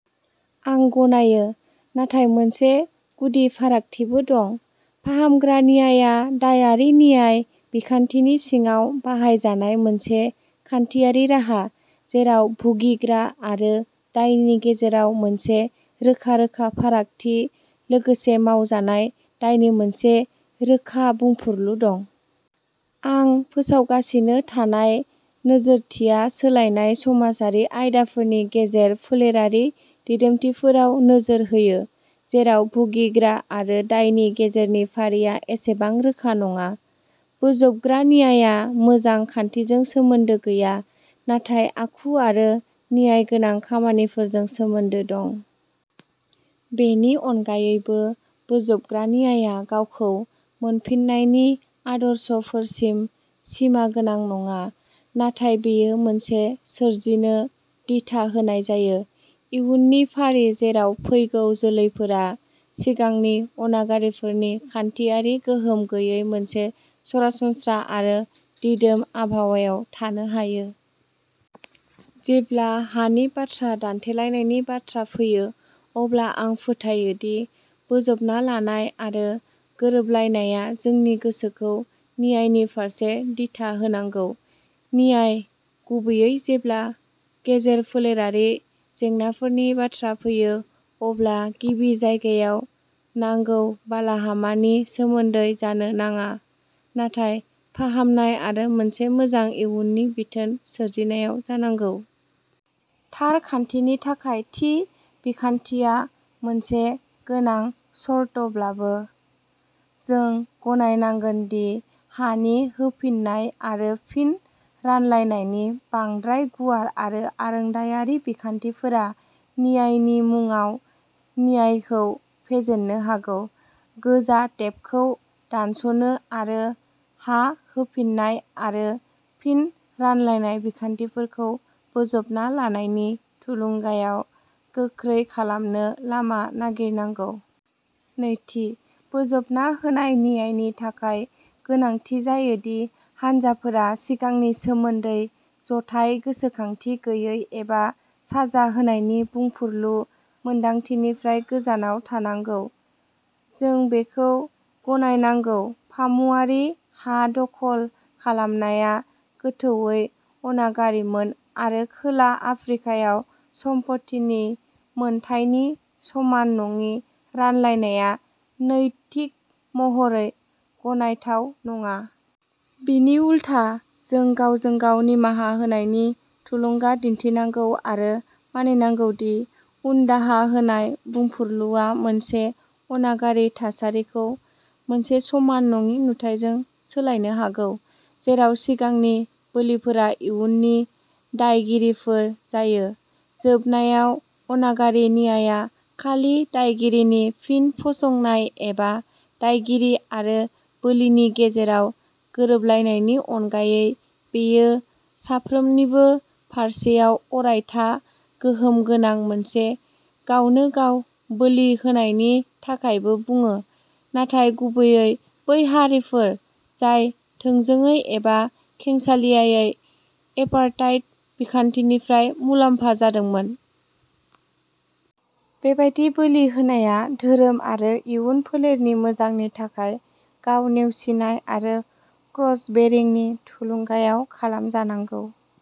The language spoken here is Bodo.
आं गनायो, नाथाय मोनसे गुदि फारागथिबो दं। फाहामग्रा न्यायआ दायारि न्याय बिखान्थिनि सिङाव बाहायजानाय मोनसे खान्थियारि राहा, जेराव भुगिग्रा आरो दायनि गेजेराव मोनसे रोखा रोखा फारागथि लोगोसे मावजानाय दायनि मोनसे रोखा बुंफुरलु दं। आं फोसावगासिनो थानाय नोजोरथिया सोलायनाय समाजारि आयदाफोरनि गेजेर-फोलेरारि दिदोमथिफोराव नोजोर होयो, जेराव भुगिग्रा आरो दायनि गेजेरनि फारिया एसेबां रोखा नङा। बोजबग्रा न्यायआ मोजां खान्थिजों सोमोन्दो गैया, नाथाय आखु आरो न्यायगोनां खामानिफोरजों सोमोन्दो दं। बेनि अनगायैबो, बोजबग्रा न्यायआ गावखौ मोनफिननायनि आदर्शफोरसिम सिमागोनां नङा, नाथाय बेयो मोनसे सोरजिनो दिथा होनाय जायो। इयुननि फारि जेराव फैगौ जोलैफोरा सिगांनि अनागारिफोरनि खान्थियारि गोहोम गैयै मोनसे सरासनस्रा आरो दिदोम आबहावायाव थानो हायो। जेब्ला हानि बाथ्रा दान्थेलायनायनि बाथ्रा फैयो, अब्ला आं फोथायो दि बोजबना लानाय आरो गोरोबलायनाया जोंनि गोसोखौ न्यायनि फारसे दिथा होनांगौ। न्याय, गुबैयै जेब्ला गेजेर-फोलेरारि जेंनाफोरनि बाथ्रा फैयो, अब्ला गिबि जायगायाव, नांगौ बालाहामानि सोमोन्दै जानो नाङा, नाथाय फाहामनाय आरो मोनसे मोजां इयुननि बिथोन सोरजिनायाव जानांगौ। थार खान्थिनि थाखाय थि बिखान्थिया मोनसे गोनां सर्तब्लाबो, जों गनायनांगोन दि हानि होफिननाय आरो फिन रानलायनायनि बांद्राय गुवार आरो आरोंदायारि बिखान्थिफोरा न्यायनि मुंआव न्यायखौ फेजेननो हागौ। गोजा टेपखौ दानस'नो आरो हा होफिन्नाय आरो फिन रानलायनाय बिखान्थिफोरखौ बोजबना लानायनि थुलुंगायाव गोख्रै खालामनो लामा नागिरनांगौ। नैथि, बोजबना होनाय न्यायनि थाखाय गोनांथि जायो दि हानजाफोरा सिगांनि सोमोन्दै जथाय गोसोखांथि गैयै एबा साजा होनायनि बुंफुरलु मोनदांथिनिफ्राय गोजानाव थानांगौ। जों बेखौ गनायनांगौ। फामुवारि हा दखल खालामनाया गोथौवै अनागारिमोन आरो खोला आफ्रिकायाव सम्पथिनि मोनथायनि समान नङि रानलायनाया नैतिक महरै गनायथाव नङा। बिनि उलथा, जों गावजों गाव निमाहा होनायनि थुलुंगा दिन्थिनांगौ आरो मानिनांगौ दि उनदाहा होनाय बुंफुरलुआ मोनसे अनागारि थासारिखौ मोनसे समान नङि नुथाइजों सोलायनो हागौ जेराव सिगांनि बोलिफोरा इयुननि दायगिरिफोर जायो। जोबनायाव, अनागारि न्यायआ खालि दायगिरिनि फिन फसंनाय एबा दायगिरि आरो बोलिनि गेजेराव गोरोबलायनायनि अनगायै; बेयो साफ्रोमनिबो फारसेनिफ्राय अरायथा गोहोम गोनां मोनसे गावनो-गाव बोलि होनायनि थाखायबो बुङो, नाथाय गुबैयै बै हारिफोर जाय थोंजोङै एबा खेंसालियायै एपार्थाइड बिखान्थिनिफ्राय मुलाम्फा जादोंमोन। बेबादि बोलि होनाया धोरोम आरो इयुन फोलेरनि मोजांनि थाखाय गाव-नेवसिनाय आरो क्रस बेरिंनि थुलुंगायाव खालामजानांगौ।